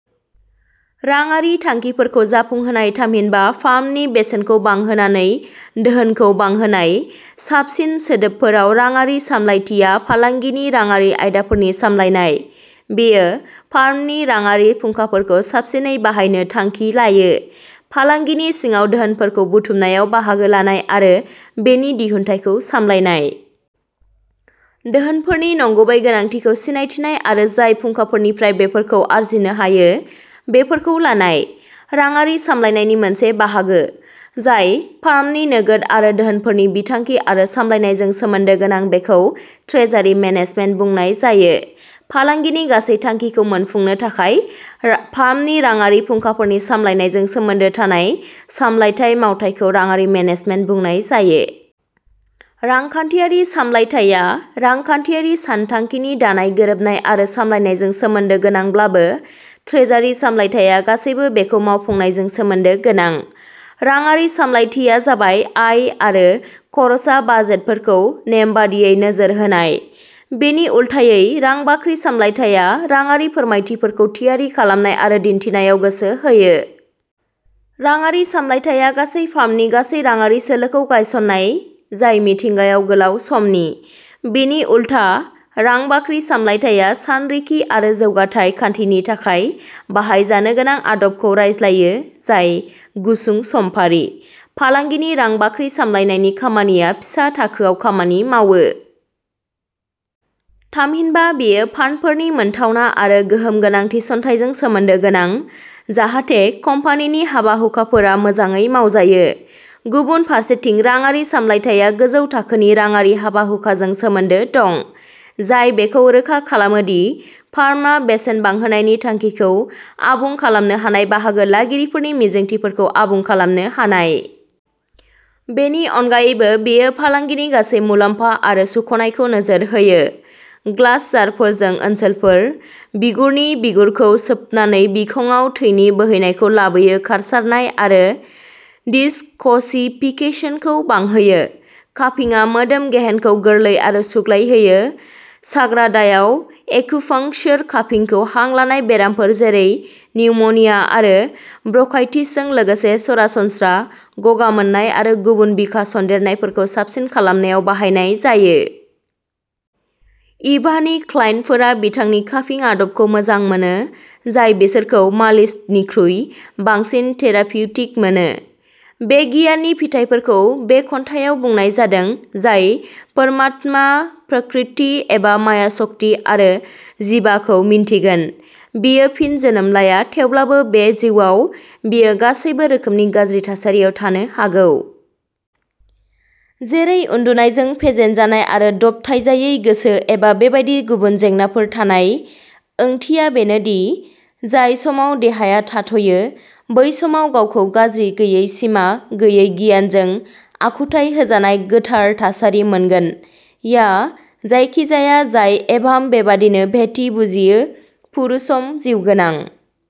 राङारि थांखिफोरखौ जाफुंहोनाय थामहिनबा फार्मनि बेसेनखौ बांहोनानै धोनखौ बांहोनाय। साबसिन सोदोबफोराव राङारि सामलायथिया फालांगिनि रांआरि आयदाफोरनि सामलायनाय। बेयो फार्मनि राङारि फुंखाफोरखौ साबसिनै बाहायनो थांखि लायो। फालांगिनि सिङाव धोनफोरखौ बुथुमनायाव बाहागो लानाय आरो बेनि दिहुनथायखौ सामलायनाय। धोनफोरनि नंगुबै गोनांथिखौ सिनायथिनाय आरो जाय फुंखाफोरनिफ्राय बेफोरखौ आरजिनो हायो। बेफोरखौ लानाय। राङारि सामलायनायनि मोनसे बाहागो। जाय फार्मनि नोगोद आरो धोनफोरनि बिथांखि आरो सामलायनायजों सोमोन्दो गोनां बेखौ ट्रेजारि मेनेजमेन्ट बुंनाय जायो। फालांगिनि गासै थांखिखौ मोनफुंनो थाखाय फार्मनि राङारि फुंखाफोरनि सामलायनायजों सोमोन्दो थानाय सामलायथाय मावथायखौ राङारि मेनेजमेन्ट बुंनाय जायो। रांखान्थियारि सामलायथाया रांखान्थियारि सानथांखिनि दानाय गोरोबनाय आरो सामलायनायजों सोमोन्दो गोनांब्लाबो ट्रेजारि सामलायथाया गासैबो बेखौ मावफुंनायजों सोमोन्दो गोनां। राङारि सामलायथिया जाबाय आय आरो खर्सा बाजेटफोरखौ नेमबादियै नोजोर होनाय। बेनि उल्थायै रां बाख्रि सामलायथाया राङारि फोरमायथिफोरखौ थियारि खालामनाय आरो दिन्थिनायाव गोसो होयो। राङारि सामलायथाया गासै फार्मनि गासै राङारि सोलोखौ गायसननाय जाय मिथिंगायाव गोलाव समनि। बिनि उलथा रां बाख्रि सामलायथाया सानरिखि आरो जौगाथाय खान्थिनि थाखाय बाहायजानो गोनां आदबखौ रायज्लायो जाय गुसुं समफारि। फालांगिनि रां बाख्रि सामलायनायनि खामानिया फिसा थाखोआव खामानि मावो। थामहिनबा बेयो फान्डफोरनि मोनथावना आरो गोहोम गोनां थिसननायजों सोमोन्दो गोनां। जाहाथे कम्पानिनि हाबा-हुखाफोरा मोजाङै मावजायो। गुबुन फारसेथिं राङारि सामलायथाया गोजौ थाखोनि राङारि हाबा-हुखाजों सोमोन्दो दं। जाय बेखौ रोखा खालामो दि फार्मआ बेसेन बांहोनायनि थांखिखौ आबुं खालामनो हानाय बाहागो लागिरिफोरनि मिजिंथिफोरखौ आबुं खालामनो हानाय। बेनि अनगायैबो बेयो फालांगिनि गासै मुलाम्फा आरो सुख'नायखौ नोजोर होयो। ग्लास जारफोरजों ओनसोलफोर। बिगुरनि बिगुरखौ सोबनानै बिखंआव थैनि बोहैनायखौ लाबोयो खारसारनाय आरो दिसकसिफिकेसनखौ बांहोयो। कापिंआ मोदोम गेहेनखौ गोरलै आरो सुग्लायहोयो। साग्रादायाव एक्युपंक्चर कापिंखौ हां लानाय बेरामफोर जेरै निउम'निया आरो ब्रंकाइटिसजों लोगोसे सरासनस्रा गगा मोननाय आरो गुबुन बिखा सन्देरनायफोरखौ साबसिन खालामनायाव बाहायनाय जायो। इभानि क्लाइन्टफोरा बिथांनि कापिं आदबखौ मोजां मोनो। जाय बिसोरखौ मालिसनिख्रुइ बांसिन थेरापिउटिक मोनो। बे गियाननि फिथाइफोरखौ बे खन्थाइआव बुंनाय जादों। जाय परमात्मा प्रकृति एबा माया शक्ति आरो जिबाखौ मिन्थिगोन। बियो फिन जोनोम लाया थेवब्लाबो बे जिउआव बियो गासैबो रोखोमनि गाज्रि थासारियाव थानो हागौ। जेरै उन्दुनायजों फेजेनजानाय आरो दबथायजायै गोसो एबा बेबादि गुबुन जेंनाफोर थानाय। ओंथिया बेनो दि जाय समाव देहाया थाथ'यो। बै समाव गावखौ गाज्रि गैयै सिमा गैयै गियानजों आखुथाइ होजानाय गोथार थासारि मोनगोन। याह जायखिजाया जाय एभाम बेबादिनो भेटि बुजियो पुरुसम जिउगोनां